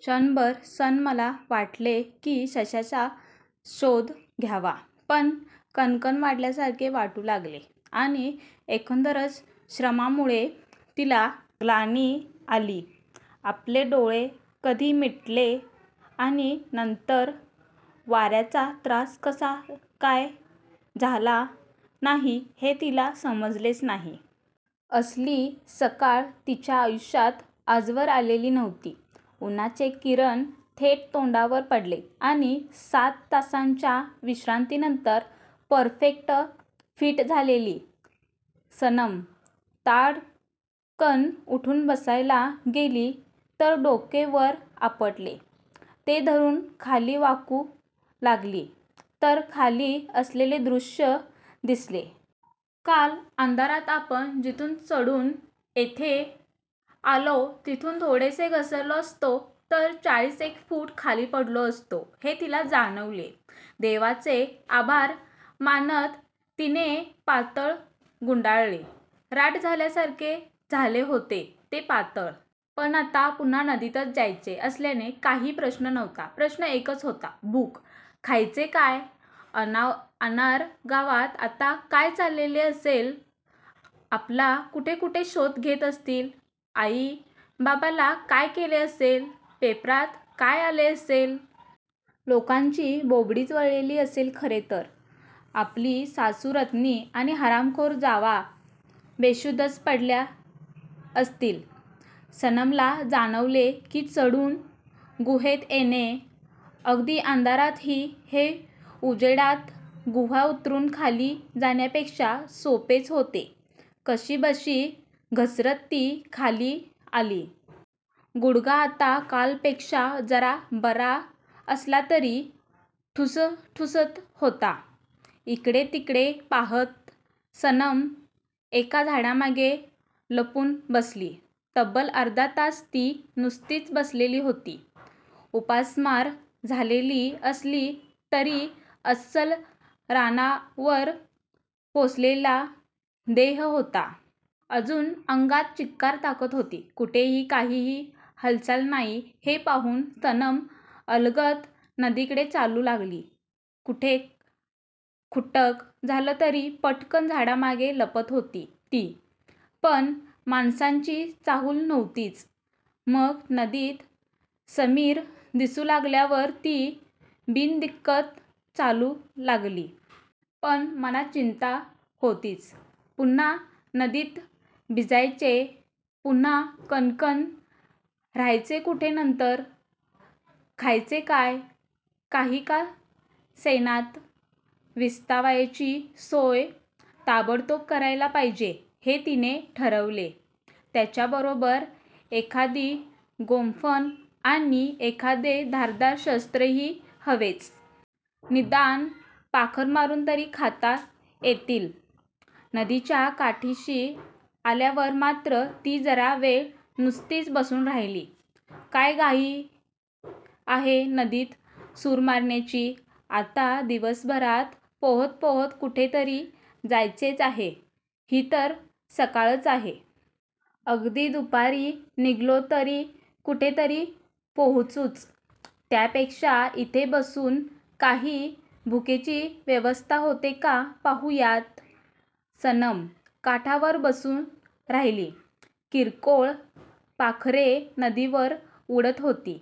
क्षणभर सनमला वाटले की सश्याचा शोध घ्यावा. पण कणकण वाढल्यासारखे वाटू लागले आणि एकंदरच श्रमांमुळे तिला ग्लानी आली. आपले डोळे कधी मिटले आणि नंतर वार्याचा त्रास कसा काय झाला नाही हे तिला समजलेच नाही. असली सकाळ तिच्या आयुष्यात आजवर आलेली नव्हती. उन्हाचे किरण थेट तोंडावर पडले आणि सात तासांच्या विश्रांतीनंतर परफेक्ट फिट झालेली सनम ताडकन उठून बसायला गेली तर डोके वर आपटले. ते धरून खाली वाकू लागली तर खाली असलेले दृष्य दिसले. काल अंधारात आपण जिथून चढून येथे आलो तिथून थोडेसे घसरलो असतो तर चाळीस एक फूट खाली पडलो असतो हे तिला जाणवले. देवाचे आभार मानत तिने पातळ गुंडाळले. राठ झाल्यासारखे झाले होते ते पातळ! पण आता पुन्हा नदीतच जायचे असल्याने काही प्रश्न नव्हता. प्रश्न एकच होता. भूक! खायचे काय? अनार गावात आता काय चाललेले असेल? आपला कुठेकुठे शोध घेत असतील? आई बाबाला काय केले असेल? पेपरात काय आले असेल? लोकांची बोबडीच वळलेली असेल खरे तर. आपली सासू रत्नी आणि हरामखोर जावा बेशुद्धच पडलेल्या असतील. सनमला जाणवले की चढून गुहेत येणे, अगदी अंधारातही, हे उजेडात गुहा उतरून खाली जाण्यापेक्षा सोपेच होते. कशीबशी घसरत ती खाली आली. गुडघा आता कालपेक्षा जरा बरा असला तरी ठुसठुसत होताच. इकडे तिकडे पाहात सनम एका झाडामागे लपून बसली. तब्बल अर्धा तास ती नुसतीच बसलेली होती. उपासमार झालेली असली तरी अस्सल रानावर पोसलेला देह होता. अजून अंगात चिक्कार ताकद होती. कुठेही काहीही हालचाल नाही हे पाहून सनम अलगद नदीकडे चालू लागली. कुठे खुट्ट झालं तरी पटकन झाडांमागे लपत होती ती, पण माणसाची चाहुल नव्हतीच. मग नदी समिर दिसू लागल्यावर ती बिनदिक्कत चालू लागली. पण मनात चिंता होतीच. पुन्हा नदीत भिजायचे, पुन्हा कणकण! राहायचे कुठे नंतर? खायचे काय? काही का सेनात, विस्तवाची सोय ताबडतोब करायला पाहिजे हे तिने ठरवले. त्याचबरोबर एखादी गोफण आणि एखादे धारदार शस्त्रही हवेच. निदान पाखरं मारून तरी खाता येतील. नदीच्या काठाशी आल्यावर मात्र ती जरा वेळ नुसतीच बसून राहिली. काय घाई आहे नदीत सूर मारण्याची? आता दिवसभरात पोहत पोहत कुठेतरी जायचेच आहे. ही तर सकाळच आहे. अगदी दुपारी निघालो तरी कुठेतरी पोहोचूच. त्यापेक्षा इथे बसून काही भुकेची व्यवस्था होते का पाहूयात. सनम काठावर बसून राहिली. किरकोळ पाखरे नदीवर उडत होती.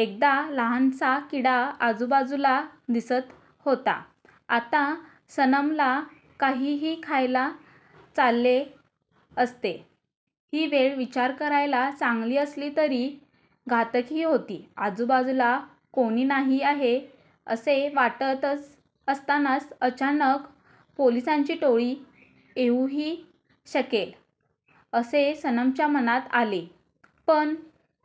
एखादा लहानसा किडा आजूबाजूला दिसत होता. आत्ता सनमला काहीही खायला चालले असते. ही वेळ विचार करायला चांगली असली तरी घातकही होती. आजूबाजूला कोणी नाही आहे असे वाटत असतानाच अचानक पोलिसांची टोळी येऊही शकेल असे सनमच्या मनात आले. पण